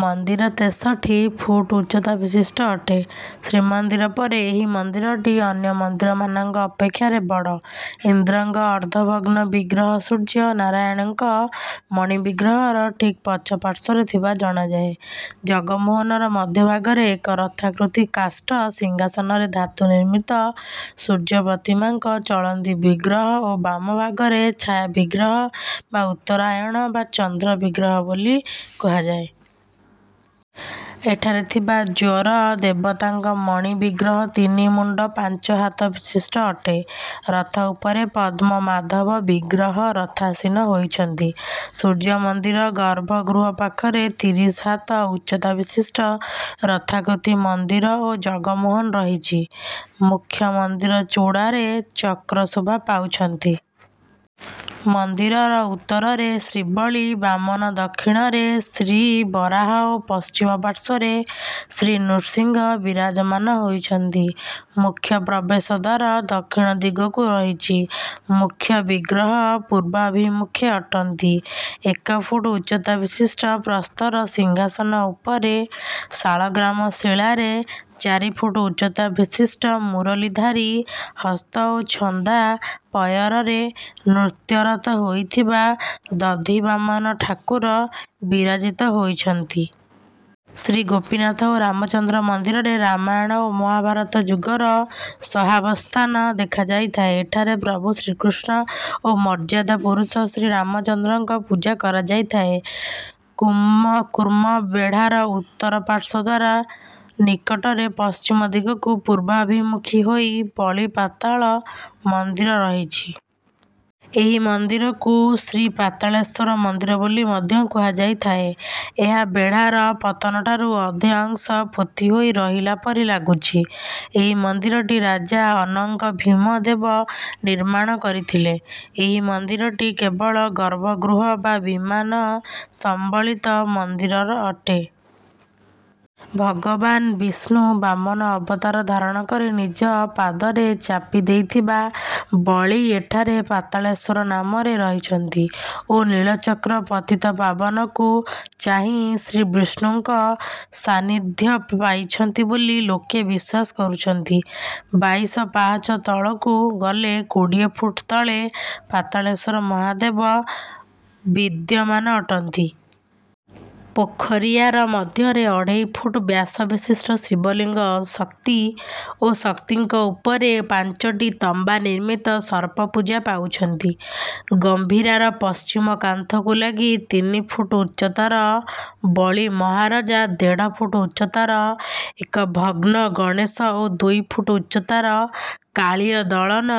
ମନ୍ଦିର ତେଷଠି ଫୁଟ୍ ଉଚ୍ଚତା ବିଶିଷ୍ଟ ଅଟେ। ଶ୍ରୀମନ୍ଦିର ପରେ ଏହି ମନ୍ଦିରଟି ଅନ୍ୟ ମନ୍ଦିରମାନଙ୍କ ଅପେକ୍ଷାରେ ବଡ଼। ଇନ୍ଦ୍ରଙ୍କ ଅର୍ଦ୍ଧ ଭଗ୍ନ ବିଗ୍ରହ ସୂର୍ଯ୍ୟ ନାରାୟଣଙ୍କ ମଣି ବିଗ୍ରହର ଠିକ୍ ପଛ ପାର୍ଶ୍ୱରେ ଥିବା ଜଣାଯାଏ। ଜଗମୋହନର ମଧ୍ୟ ଭାଗରେ ଏକ ରଥାକୃତି କାଷ୍ଠ ସିଂହାସନରେ ଧାତୁ ନିର୍ମିତ ସୂର୍ଯ୍ୟ ପ୍ରତିମାଙ୍କ ଚଳନ୍ତି ବିଗ୍ରହ ଓ ବାମ ଭାଗରେ ଛାୟା ବିଗ୍ରହ ବା ଉତ୍ତରାୟଣ ବା ଚନ୍ଦ୍ର ବିଗ୍ରହ ବୋଲି କୁହାଯାଏ। ଏଠାରେ ଥିବା ଜ୍ୱର ଦେବତାଙ୍କ ମଣି ବିଗ୍ରହ ତିନି ମୁଣ୍ଡ ପାଞ୍ଚ ହାତ ବିଶିଷ୍ଟ ଅଟେ। ରଥ ଉପରେ ପଦ୍ମ ମାଧବ ବିଗ୍ରହ ରଥାସୀନ ହୋଇଛନ୍ତି। ସୂର୍ଯ୍ୟ ମନ୍ଦିର ଗର୍ଭଗୃହ ପାଖରେ ତିରିଶ ହାତ ଉଚ୍ଚତା ବିଶିଷ୍ଟ ରଥାକୃତି ମନ୍ଦିର ଓ ଜଗମୋହନ ରହିଛି। ମୁଖ୍ୟ ମନ୍ଦିର ଚୂଡ଼ାରେ ଚକ୍ର ଶୋଭା ପାଉଛନ୍ତି। ମନ୍ଦିରର ଉତ୍ତରରେ ଶ୍ରୀବଳି ବାମନ ଦକ୍ଷିଣରେ ଶ୍ରୀବରାହ ଓ ପଶ୍ଚିମ ପାର୍ଶ୍ୱରେ ଶ୍ରୀନୃସିଂହ ବିରାଜମାନ ହୋଇଛନ୍ତି। ମୁଖ୍ୟ ପ୍ରବେଶ ଦ୍ୱାର ଦକ୍ଷିଣ ଦିଗକୁ ରହିଛି। ମୁଖ୍ୟ ବିଗ୍ରହ ପୂର୍ବାଭିମୁଖୀ ଅଟନ୍ତି। ଏକ ଫୁଟ୍ ଉଚ୍ଚତା ବିଶିଷ୍ଟ ପ୍ରସ୍ତର ସିଂହାସନ ଉପରେ ଶାଳଗ୍ରାମ ଶିଳାରେ ଚାରି ଫୁଟ୍ ଉଚ୍ଚତା ବିଶିଷ୍ଟ ମୁରଲୀଧାରୀ ହସ୍ତ ଓ ଛନ୍ଦା ପୟରରେ ନୃତ୍ୟରତ ହୋଇଥିବା ଦଧିବାମନ ଠାକୁର ବିରାଜିତ ହୋଇଛନ୍ତି। ଶ୍ରୀ ଗୋପୀନାଥ ଓ ରାମଚନ୍ଦ୍ର ମନ୍ଦିରରେ ରାମାୟଣ ଓ ମହାଭାରତ ଯୁଗର ସହାବସ୍ଥାନ ଦେଖାଯାଇଥାଏ। ଏଠାରେ ପ୍ରଭୁ ଶ୍ରୀକୃଷ୍ଣ ଓ ମର୍ଯ୍ୟାଦା ପୁରୁଷ ଶ୍ରୀରାମଚନ୍ଦ୍ରଙ୍କ ପୂଜା କରାଯାଇଥାଏ। କୁର୍ମ ବେଢାର ଉତ୍ତର ପାର୍ଶ୍ୱ ଦ୍ୱାର ନିକଟରେ ପଶ୍ଚିମ ଦିଗକୁ ପୂର୍ବାଭିମୁଖୀ ହୋଇ ବଳୀ ପାତାଳ ମନ୍ଦିର ରହିଛି। ଏହି ମନ୍ଦିରକୁ ଶ୍ରୀପାତାଳେଶ୍ୱର ମନ୍ଦିର ବୋଲି ମଧ୍ୟ କୁହାଯାଇଥାଏ। ଏହା ବେଢାର ପତନଠାରୁ ଅଧେ ଅଂଶ ପୋତି ହୋଇ ରହିଲା ପରି ଲାଗୁଛି। ଏହି ମନ୍ଦିରଟି ରାଜା ଅନଙ୍ଗ ଭୀମ ଦେବ ନିର୍ମାଣ କରିଥିଲେ। ଏହି ମନ୍ଦିରଟି କେବଳ ଗର୍ଭଗୃହ ବା ବିମାନ ସମ୍ବଳିତ ମନ୍ଦିର ଅଟେ। ଭଗବାନ ବିଷ୍ଣୁ ବାମନ ଅବତାର ଧାରଣ କରି ନିଜ ପାଦରେ ଚାପି ଦେଇଥିବା ବଳୀ ଏଠାରେ ପାତାଳେଶ୍ୱର ନାମରେ ରହିଛନ୍ତି ଓ ନୀଳଚକ୍ର ପତିତପାବନକୁ ଚାହିଁ ଶ୍ରୀବିଷ୍ଣୁଙ୍କ ସାନିଧ୍ୟ ପାଇଛନ୍ତି ବୋଲି ଲୋକେ ବିଶ୍ୱାସ କରୁଛନ୍ତି। ବାଇଶ ପାହାଚ ତଳକୁ ଗଲେ କୋଡ଼ିଏ ଫୁଟ ତଳେ ପାତାଳେଶ୍ୱର ମହାଦେବ ବିଦ୍ୟମାନ ଅଟନ୍ତି। ପୋଖରିଆର ମଧ୍ୟରେ ଅଢ଼େଇ ଫୁଟ୍ ବ୍ୟାସ ବିଶିଷ୍ଟ ଶିବଲିଙ୍ଗ ଶକ୍ତି ଓ ଶକ୍ତିଙ୍କ ଉପରେ ପାଞ୍ଚଟି ତମ୍ବା ନିର୍ମିତ ସର୍ପ ପୂଜା ପାଉଛନ୍ତି। ଗମ୍ଭୀରାର ପଶ୍ଚିମ କାନ୍ଥକୁ ଲାଗି ତିନି ଫୁଟ ଉଚ୍ଚତାର ବଳୀ ମହାରାଜ ଦେଢ଼ ଫୁଟ୍ ଉଚ୍ଚତାର ଏକ ଭଗ୍ନ ଗଣେଶ ଓ ଦୁଇ ଫୁଟ୍ ଉଚ୍ଚତାର କାଳୀୟ ଦଳନ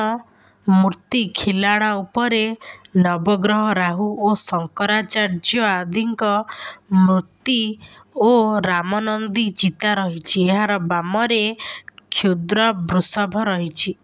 ମୂର୍ତ୍ତି ଖିଲାଣ ଉପରେ ନବଗ୍ରହ ରାହୁ ଓ ଶଙ୍କରାଚାର୍ଯ୍ୟ ଆଦିଙ୍କ ମୂର୍ତ୍ତି ଓ ରାମନନ୍ଦୀ ଚିତା ରହିଛି। ଏହାର ବାମରେ କ୍ଷୁଦ୍ର ବୃଷଭ ରହିଛି।